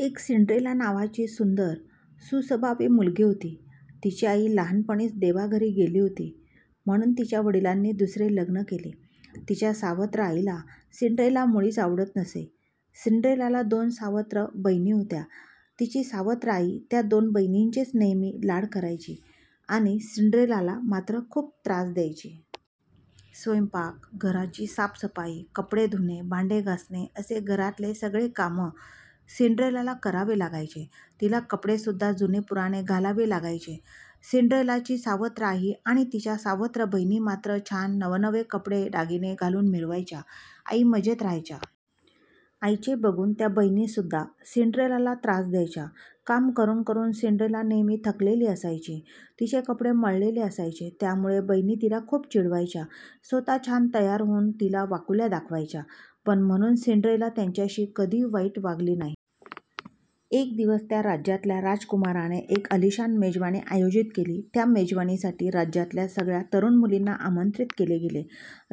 एक सिंड्रेला नावाची सुंदर सुस्वभावी मुलगी होती. तिची आई लहानपणीच देवाघरी गेली होती. म्हणुन तिच्या वडिलांनी दुसरे लग्न केले. तिच्या सावत्र आईला सिंड्रेला मुळीच आवडत नसे. सिंड्रेलाला दोन सावत्र बहिणी होत्या. तिची सावत्र आई त्या दोन बहिणींचेच नेहमी लाड करायची, आणि सिंड्रेलाला मात्र खुप त्रास द्यायची. स्वयंपाक, घराची साफसफाई, कपडे धुणे, भांडे घासणे असे घरातले सगळे काम सिंड्रेलाला करावे लागायचे. तिला कपडे सुद्धा जुनेपुराणे घालावे लागायचे. सिंड्रेलाची सावत्र आई आणि तिच्या सावत्र बहिणी मात्र छान नवनवे कपडे दागिने घालुन मिरवायच्या आई मजेत राहायच्या. आईचे बघुन त्या बहिणीसुद्धा सिंड्रेलाला त्रास द्यायच्या. काम करून करून सिंड्रेला नेहमी थकलेली असायची, तिचे कपडे मळलेले असायचे, त्यामुळे बहिणी तिला खुप चिडवायच्या. स्वतः छान तयार होऊन तिला वाकुल्या दाखवायच्या. पण म्हणुन सिंड्रेला त्यांच्याशी कधी वाईट वागली नाही. एक दिवस त्या राज्यातल्या राजकुमाराने एक आलिशान मेजवानी आयोजित केली. त्या मेजवानीसाठी राज्यातल्या सगळ्या तरुण मुलींना आमंत्रित केले गेले.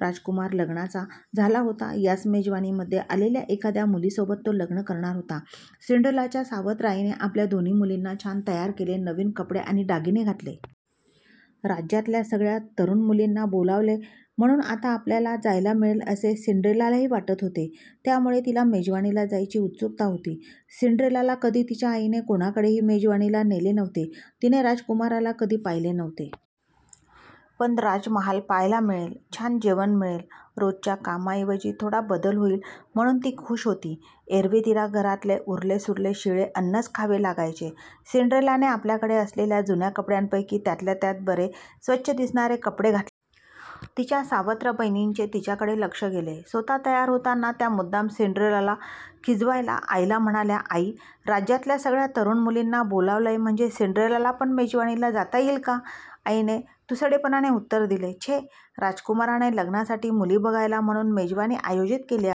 राजकुमार लग्नाचा झाला होता. याच मेजवानीमध्ये आलेल्या एखाद्या मुलीसोबत तो लग्न करणार होता. सिंड्रेलाच्या सावत्र आईने आपल्या दोन्ही मुलींना छान तयार केले, नवीन कपडे आणि दागिने घातले. राज्यातल्या सगळ्या तरुण मुलींना बोलावले म्हणुन आता आपल्याला जायला मिळेल असे सिंड्रेलालाही वाटत होते. त्यामुळे तिला मेजवानीला जायची उत्सुकता होती. सिंड्रेलाला कधी तिच्या आईने कोणाकडेही मेजवानीला नेले नव्हते. तिने राजकुमाराला कधी पाहिले नव्हते. पण राजमहाल पाहायला मिळेल, छान जेवण मिळेल, रोजच्या कामाऐवजी थोडा बदल होईल म्हणुन ती खुश होती. एरवी तिला घरातले उरलेसुरले शिळे अन्नच खावे लागायचे. सिंड्रेलाने आपल्याकडे असलेल्या जुन्या कपड्यांपैकी त्यातल्या त्यात बरे स्वच्छ दिसणारे कपडे घातले. तिच्या सावत्र बहिणींचे तिच्याकडे लक्ष गेले. स्वतः तयार होताना त्या मुद्दाम सिंड्रेलाला खिजवायला आईला म्हणाल्या. आई, राज्यातल्या सगळ्या तरुण मुलींना बोलावलंय म्हणजे सिंड्रेलाला पण मेजवानीला जाता येईल का? आईने तुसडेपणे उत्तर दिले. छे राजकुमाराने लग्नासाठी मुली बघायला म्हणुन मेजवानी आयोजित केली आहे.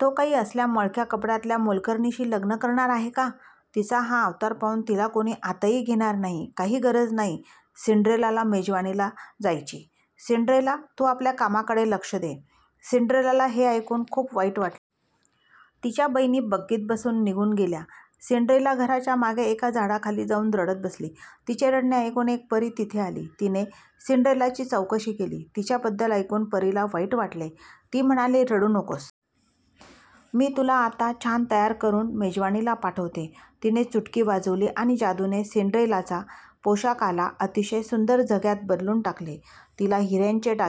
तो काही असल्या मळक्या कपड्यातल्या मोलकरणीशी लग्न करणार आहे का? तिचा हा अवतार पाहुन तिला कोणी आतही घेणार नाही. काही गरज नाही सिंड्रेलाला मेजवानीला जायची. सिंड्रेला तु आपल्या कामाकडे लक्ष दे. सिंड्रेलाला हे ऐकुन खुप वाईट वाटले. तिच्या बहिणी बग्गीत बसुन निघुन गेल्या. सिंड्रेला घराच्या मागे एका झाडाखाली जाऊन रडत बसली. तिचे रडणे ऐकुन एक परी तिथे आली. तिने सिंड्रेलाची चौकशी केली. तिच्याबद्दल ऐकुन परीला वाईट वाटले. ती म्हणाली. रडु नकोस. मी तुला आत्ता छान तयार करून मेजवानीला पाठवते. तिने चुटकी वाजवली आणि जादूने सिंड्रेलाचा पोशाखाला अतिशय सुंदर झग्यात बदलुन टाकले, तिला हिऱ्यांचे दागिने